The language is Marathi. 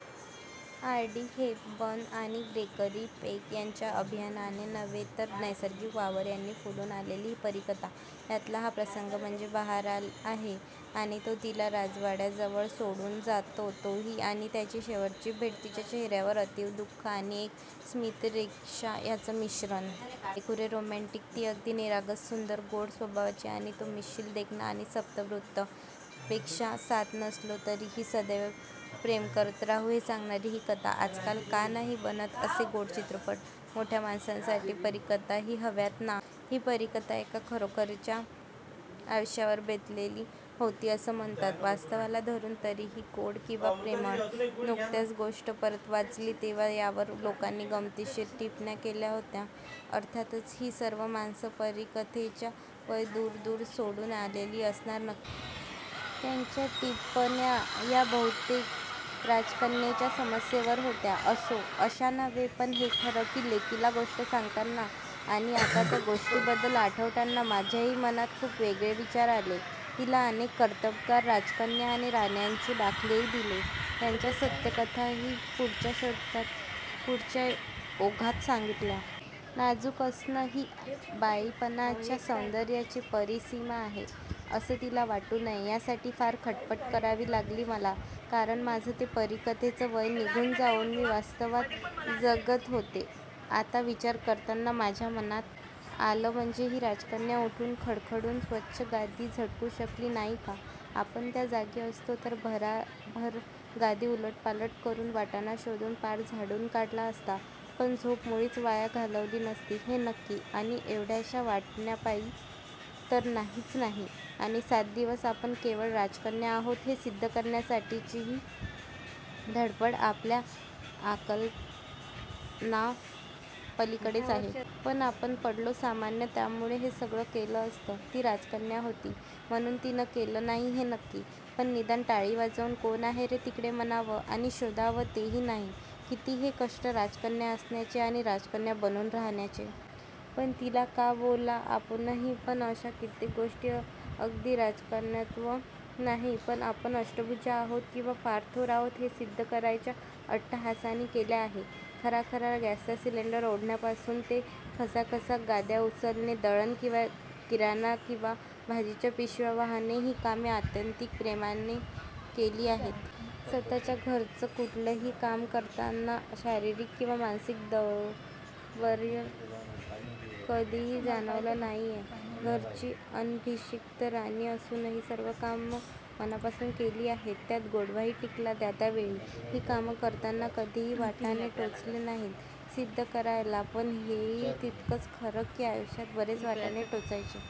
ऑड्री हेपबर्न आणि ग्रेगरी पेक ह्यांच्या अभिनयाने नव्हे तर नैसर्गिक वावर यांनी फुलून आलेली ही परीकथा. ह्यातला हा प्रसंग म्हणजे बहार आहे आणि तो तिला राजवाड्याजवळ सोडून जातो तोही आणि त्यांची शेवटची भेट तिच्या चेहऱ्यावर अतीव दुःख आणि एक स्मितरेषा ह्याचं मिश्रण! खरेखुरे रोमँटिक.. ती अगदी निरागस सुंदर, गोड स्वभावाची आणि तो मिश्किल, देखणा आणि सत्प्रवृत्त! पेक्षा, साथ नसलो तरीही सदैव प्रेम करत राहू हे सांगणारी ही कथा! आजकाल का नाही बनत असे गोड चित्रपट. मोठ्या माणसांसाठी परीकथाही हव्यात ना! ही परीकथा एका खरोखरीच्या आयुष्यावर बेतलेली होती असं म्हणतात. वास्तवाला धरुन तरीही गोड आणि प्रेमळ. नुकत्यात गोष्ट परत वाचली तेंव्हा त्यावर लोकांनी गंमतशीर टिप्पण्या केल्या होत्या. अर्थातच ही सर्व माणसं परीकथेची वयं दूर-दूर सोडून आलेली असणार नक्कीच. त्यांच्या टिप्पण्या ह्या बहुतेक राजकन्येच्या समस्येवर होत्या. असो! अशा नव्हे पण हे खरं की लेकीला गोष्ट सांगताना, आणि आता त्या गोष्टीबद्दल आठवताना माझ्याही मनात खूप वेगळे विचार आले. तिला अनेक कर्तबगार राजकन्या आणि राण्यांचे दाखलेही दिले, त्यांच्या सत्यकथाही पुढच्या ओघात सांगितल्या. नाजूक असणं ही बाईपणाच्या सौन्दर्याची परिसीमा आहे असं तिला वाटू नये, यासाठी फार खटपट करावी लागली मला. कारण माझं ते परीकथेचं वय निघून जाऊन मी वास्तवात जगत होते. आता विचार करताना माझ्या मनात आलं म्हणजे ही राजकन्या उठून खडखडून स्वच्छ गादी झटकू शकली नाही का, आपण त्या जागी असतो तर भराभर गादी उलटपालट करुन, वाटाणा शोधून पार झाडून काढला असता पण झोप मुळीच वाया घालवली नसती हे नक्की आणि एवढ्याश्या वाटाण्यापायी तर नाहीच नाही आणि सात दिवस आपण केवळ राजकन्या आहोत हे सिद्ध करण्यासाठीची ही धडपड आपल्या आकलनापलीकडेच आहे. पण आपण पडलो सामान्य त्यामुळे हे सगळं केलं असतं, ती राजकन्या होती म्हणून तिनं केलं नाही हे नक्की! पण निदान टाळी वाजवून "कोण आहे रे तिकडे म्हणावं "आणि शोधावं तेही नाही. किती हे कष्ट राजकन्या असण्याचे आणि राजकन्या बनून राहण्याचे. पण तिला का बोला आपणही पण अशा कित्येक गोष्टी अगदी राजकन्यत्व नाही पण आपण अष्टभुजा आहोत किंवा फार थोर आहोत हे सिद्ध करायच्या अट्टहासानी केल्या आहे. खराखरा गॅसचा सिलेंडर ओढण्यापासून ते खसा-खसा गाद्या उचलणे, दळण किंवा किराणा किंवा भाजीच्या पिशव्या वाहणे ही कामे आत्यंतिक प्रेमानं केली आहेत. स्वतःच्या घरचं कुठलंही काम करताना शारीरिक किंवा मानसिक दौर्बल्य कधीही जाणवलं नाहीये. घरची अनभिषिक्त राणी असूनही सर्व कामं मनापासून केली आहेत! त्यात गोडवाही टिकला त्या त्या वेळी! ही कामं करताना कधीही वाटाणे टोचले नाहीत सिद्ध करायला. पण हेही तितकंच खरं की आयुष्यात बरेच वाटाणे टोचायचे--